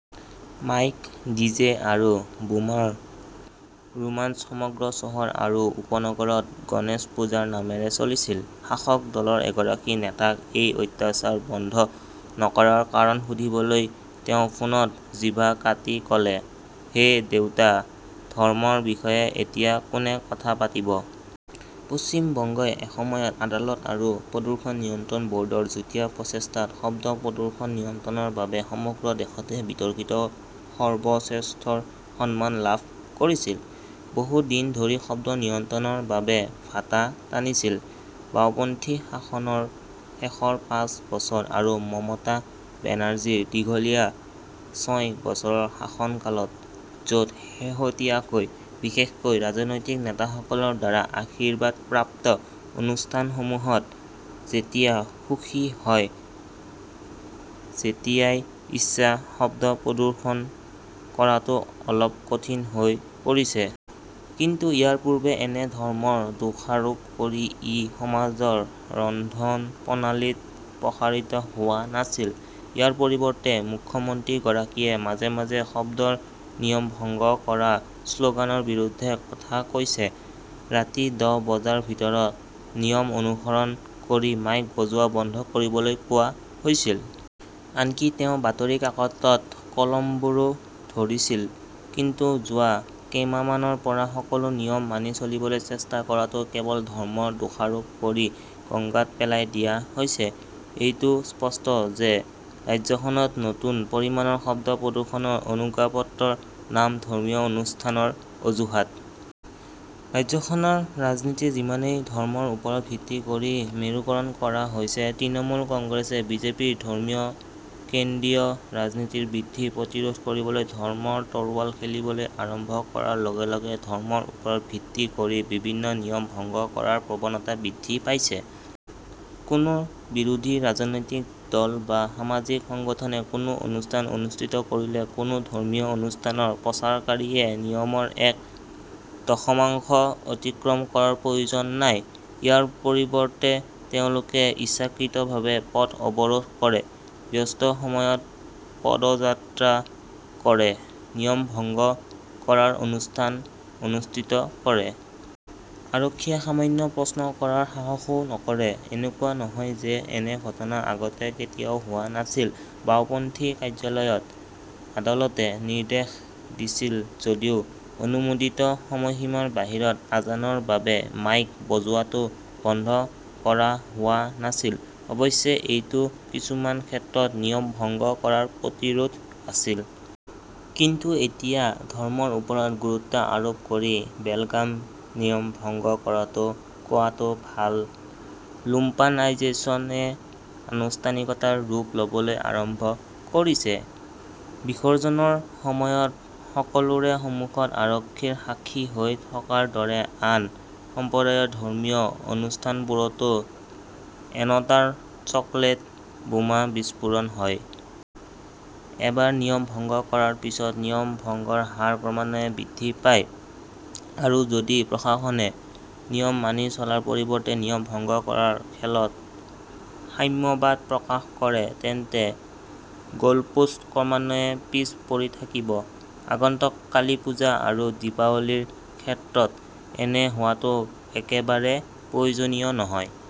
Mike, DJ আৰু বোমাৰ ৰোমাঞ্চ সমগ্ৰ চহৰ আৰু উপনগৰত গণেশ পূজাৰ নামেৰে চলিছিল। শাসক দলৰ এগৰাকী নেতাক এই অত্যাচাৰ বন্ধ নকৰাৰ কাৰণ সুধিবলৈ তেওঁ ফোনত জিভা কাটি ক'লে, হে দেউতা! ধৰ্মৰ বিষয়ে এতিয়া কোনে কথা পাতিব? পশ্চিম বংগই এসময়ত আদালত আৰু প্ৰদূষণ নিয়ন্ত্ৰণ বৰ্ডৰ যুটীয়া প্ৰচেষ্টাত শব্দ প্ৰদূষণ নিয়ন্ত্ৰণৰ বাবে সমগ্ৰ দেশতে বিতৰ্কিত সৰ্বশ্ৰেষ্ঠৰ সন্মান লাভ কৰিছিল, বহু দিন ধৰি শব্দ নিয়ন্ত্ৰণৰ বাবে ভাটা টানিছিল। বাওঁপন্থী শাসনৰ শেষৰ পাঁচ বছৰ আৰু মমতা বেনাৰ্জীৰ দীঘলীয়া ছয় বছৰৰ শাসনকালত, য 'ত শেহতীয়াকৈ, বিশেষকৈ ৰাজনৈতিক নেতাসকলৰ দ্বাৰা আশীৰ্বাদপ্ৰাপ্ত অনুষ্ঠানসমূহত, যেতিয়া সুখী হয়, যেতিয়াই ইচ্ছা শব্দ প্ৰদূষণ কৰাটো অলপ কঠিন হৈ পৰিছে। কিন্তু ইয়াৰ পূৰ্বে এনে ধৰ্মৰ দোষাৰোপ কৰি ই সমাজৰ ৰন্ধনপ্ৰণালীত প্ৰসাৰিত হোৱা নাছিল। ইয়াৰ পৰিৱৰ্তে মুখ্যমন্ত্ৰীগৰাকীয়ে মাজে-মাজে শব্দৰ নিয়ম ভংগ কৰা শ্লোগানৰ বিৰুদ্ধে কথা কৈছে। ৰাতি দহ বজাৰ ভিতৰত নিয়ম অনুসৰণ কৰি মাইক বজোৱা বন্ধ কৰিবলৈ কোৱা হৈছিল। আনকি তেওঁ বাতৰি কাকতত কলমবোৰো ধৰিছিল। কিন্তু যোৱা কেইমাহমানৰ পৰা সকলো নিয়ম মানি চলিবলৈ চেষ্টা কৰাটো কেৱল ধৰ্মৰ দোষাৰোপ কৰি গঙ্গাত পেলাই দিয়া হৈছে। এইটো স্পষ্ট যে ৰাজ্যখনত নতুন পৰিমাণৰ শব্দ প্ৰদূষণৰ অনুজ্ঞাপত্ৰৰ নাম ধৰ্মীয় অনুষ্ঠানৰ অজুহাত। ৰাজ্যখনৰ ৰাজনীতি যিমানেই ধৰ্মৰ ওপৰত ভিত্তি কৰি মেৰুকৰণ কৰা হৈছে, তৃণমূল কংগ্ৰেছে বিজেপিৰ ধৰ্মীয় কেন্দ্ৰীয় ৰাজনীতিৰ বৃদ্ধি প্ৰতিৰোধ কৰিবলৈ ধৰ্মৰ তৰোৱাল খেলিবলৈ আৰম্ভ কৰাৰ লগে-লগে ধৰ্মৰ ওপৰত ভিত্তি কৰি বিভিন্ন নিয়ম ভংগ কৰাৰ প্ৰৱণতা বৃদ্ধি পাইছে। কোনো বিৰোধী ৰাজনৈতিক দল বা সামাজিক সংগঠনে কোনো অনুষ্ঠান অনুষ্ঠিত কৰিলে কোনো ধৰ্মীয় অনুষ্ঠানৰ প্ৰচাৰকাৰীয়ে নিয়মৰ এক দশমাংশ অতিক্ৰম কৰাৰ প্ৰয়োজন নাই। ইয়াৰ পৰিৱৰ্তে তেওঁলোকে ইচ্ছাকৃতভাৱে পথ অৱৰোধ কৰে, ব্যস্ত সময়ত পদযাত্ৰা কৰে, নিয়ম ভংগ কৰাৰ অনুষ্ঠান অনুষ্ঠিত কৰে। আৰক্ষীয়ে সামান্য প্ৰশ্ন কৰাৰ সাহসও নকৰে। এনেকুৱা নহয় যে এনে ঘটনা আগতে কেতিয়াও হোৱা নাছিল। বাওঁপন্থী কাৰ্যকালত আদালতে নিৰ্দেশ দিছিল যদিও অনুমোদিত সময়সীমাৰ বাহিৰত আজানৰ বাবে মাইক বজোৱাটো বন্ধ কৰা হোৱা নাছিল। অৱশ্যে, এইটো কিছুমান ক্ষেত্ৰত নিয়ম ভংগ কৰাৰ প্ৰতিৰোধ আছিল। কিন্তু এতিয়া ধৰ্মৰ ওপৰত গুৰুত্ব আৰোপ কৰি বেলগাম নিয়ম ভংগ কৰাটো, কোৱাটো ভাল, 'লুম্পানাইজেচন -এ আনুষ্ঠানিকতাৰ ৰূপ ল' বলৈ আৰম্ভ কৰিছে। বিসৰ্জনৰ সময়ত সকলোৰে সন্মুখত আৰক্ষীৰ সাক্ষী হৈ থকাৰ দৰে আন সম্প্ৰদায়ৰ ধৰ্মীয় অনুষ্ঠানবোৰতো এনতাৰ চকলেট বোমা বিস্ফোৰণ হয়। এবাৰ নিয়ম ভংগ কৰাৰ পিছত নিয়ম ভংগৰ হাৰ ক্ৰমান্বয়ে বৃদ্ধি পায়। আৰু যদি প্ৰশাসনে নিয়ম মানি চলাৰ পৰিৱৰ্তে নিয়ম ভংগ কৰা খেলত সাম্যবাদ প্ৰকাশ কৰে, তেন্তে গলপোষ্ট ক্ৰমান্বয়ে পিছ পৰি থাকিব। আগন্তুক কালী পূজা আৰু দীপাৱলীৰ ক্ষেত্ৰত এনে হোৱাটো একেবাৰে প্ৰয়োজনীয় নহয়।